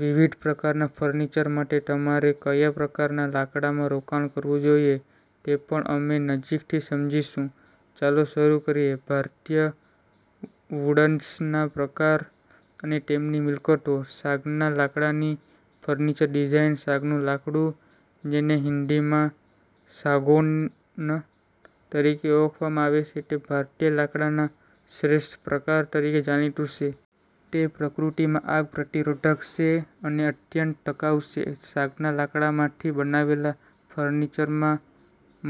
વિવિધ પ્રકારના ફર્નિચર માટે તમારે કયા પ્રકારના લાકડામાં રોકાણ કરવું જોઈએ તે પણ અમે નજીકથી સમજીશું. ચાલો, શરૂ કરીએ. ભારતીય વૂડ્સના પ્રકાર અને તેમની મિલકતો. સાગના લાકડાની ફર્નિચર ડિઝાઇન. સાગનું લાકડું, જેને હિન્દીમાં સાગૌન તરીકે ઓળખવામાં આવે છે, તે ભારતીય લાકડાના શ્રેષ્ઠ પ્રકાર તરીકે જાણીતું છે. તે પ્રકૃતિમાં આગ-પ્રતિરોધક છે અને અત્યંત ટકાઉ છે. સાગના લાકડામાંથી બનાવેલા ફર્નિચરમાં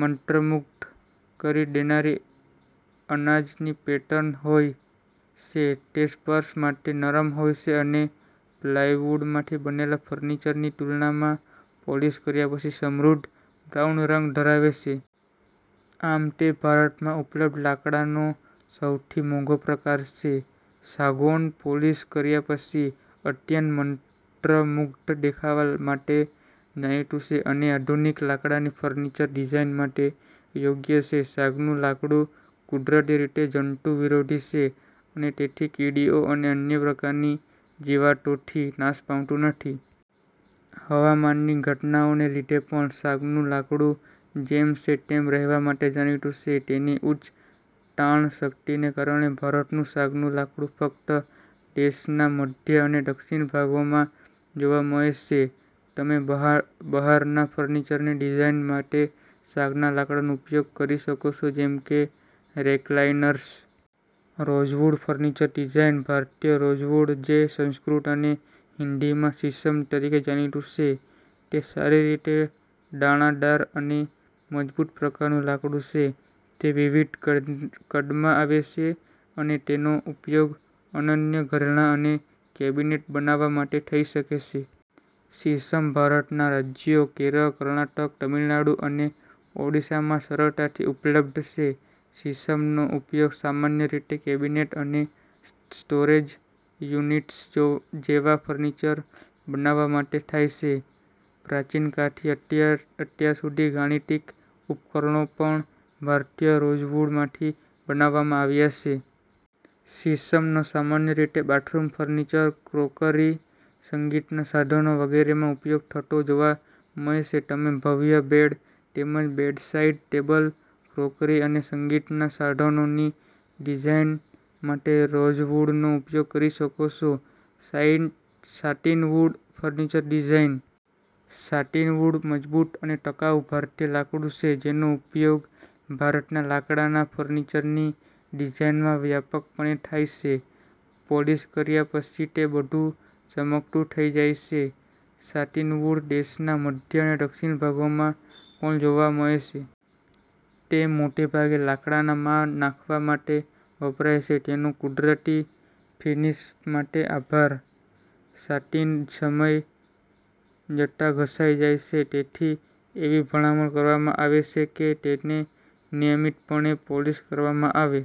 મંત્રમુગ્ધ કરી દેનારી અનાજની પેટર્ન હોય છે. તે સ્પર્શ માટે નરમ હોય છે અને પ્લાયવુડમાંથી બનેલા ફર્નિચરની તુલનામાં પોલિશ કર્યા પછી સમૃદ્ધ બ્રાઉન રંગ ધરાવે છે. આમ, તે ભારતમાં ઉપલબ્ધ લાકડાનો સૌથી મોંઘો પ્રકાર છે. સાગૌન પોલિશ કર્યા પછી અત્યંત મંત્રમુગ્ધ દેખાવા માટે જાણીતું છે અને આધુનિક લાકડાની ફર્નિચર ડિઝાઇન માટે યોગ્ય છે. સાગનું લાકડું કુદરતી રીતે જંતુ વિરોધી છે અને તેથી કીડીઓ અને અન્ય પ્રકારની જીવાતોથી નાશ પામતું નથી. હવામાનની ઘટનાઓને લીધે પણ સાગનું લાકડું જેમ છે તેમ રહેવા માટે જાણીતું છે, તેની ઉચ્ચ તાણ શક્તિને કારણે. ભારતનું સાગનું લાકડું ફક્ત દેશના મધ્ય અને દક્ષિણ ભાગોમાં જોવા મળે છે. તમે બહારના ફર્નિચરની ડિઝાઇન માટે સાગના લાકડાનો ઉપયોગ કરી શકો છો, જેમ કે રેક્લાઇનર્સ. Rosewood furniture design. ભારતીય રોઝવુડ, જે સંસ્કૃત અને હિન્દીમાં 'શીશમ' તરીકે જાણીતું છે, તે સારી રીતે દાણાદાર અને મજબૂત પ્રકારનું લાકડું છે. તે વિવિધ કદ કદમાં આવે છે અને તેનો ઉપયોગ અનન્ય ઘરેણાં અને કેબિનેટ બનાવવા માટે થઈ શકે છે. શીશમ ભારતના રાજ્યો કેરળ, કર્ણાટક, તમિલનાડુ અને ઓડિશામાં સરળતાથી ઉપલબ્ધ છે. શીશમનો ઉપયોગ સામાન્ય રીતે કેબિનેટ અને સ્ટોરેજ યુનિટ્સ જેવા ફર્નિચર બનાવવા માટે થાય છે. પ્રાચીન કાળથી અત્યાર સુધી ગાણિતિક ઉપકરણો પણ ભારતીય રોઝવુડમાંથી બનાવવામાં આવ્યા છે. શીશમનો સામાન્ય રીતે બાથરૂમ ફર્નિચર, ક્રોકરી, સંગીતનાં સાધનો વગેરેમાં ઉપયોગ થતો જોવા મળે છે. તમે ભવ્ય બેડ તેમજ બેડસાઇડ ટેબલ, ક્રોકરી અને સંગીતનાં સાધનોની ડિઝાઇન માટે રોઝવુડનો ઉપયોગ કરી શકો છો. Sign satinwood furniture design. Satinwood મજબૂત અને ટકાઉ ભારતીય લાકડું છે જેનો ઉપયોગ ભારતના લાકડાના ફર્નિચરની ડિઝાઇનમાં વ્યાપકપણે થાય છે. પોલિશ કર્યા પછી, તે બધું ચમકતું થઈ જાય છે. સાટીનવુડ દેશના મધ્ય અને દક્ષિણ ભાગોમાં પણ જોવા મળે તે મોટે ભાગે લાકડાના માળ નાખવા માટે વપરાય છે, તેના કુદરતી ફિનિશ માટે આભાર. સાટિન સમય જતાં ઘસાઈ જાય છે, તેથી એવી ભલામણ કરવામાં આવે છે કે તેને નિયમિતપણે પોલિશ કરવામાં આવે.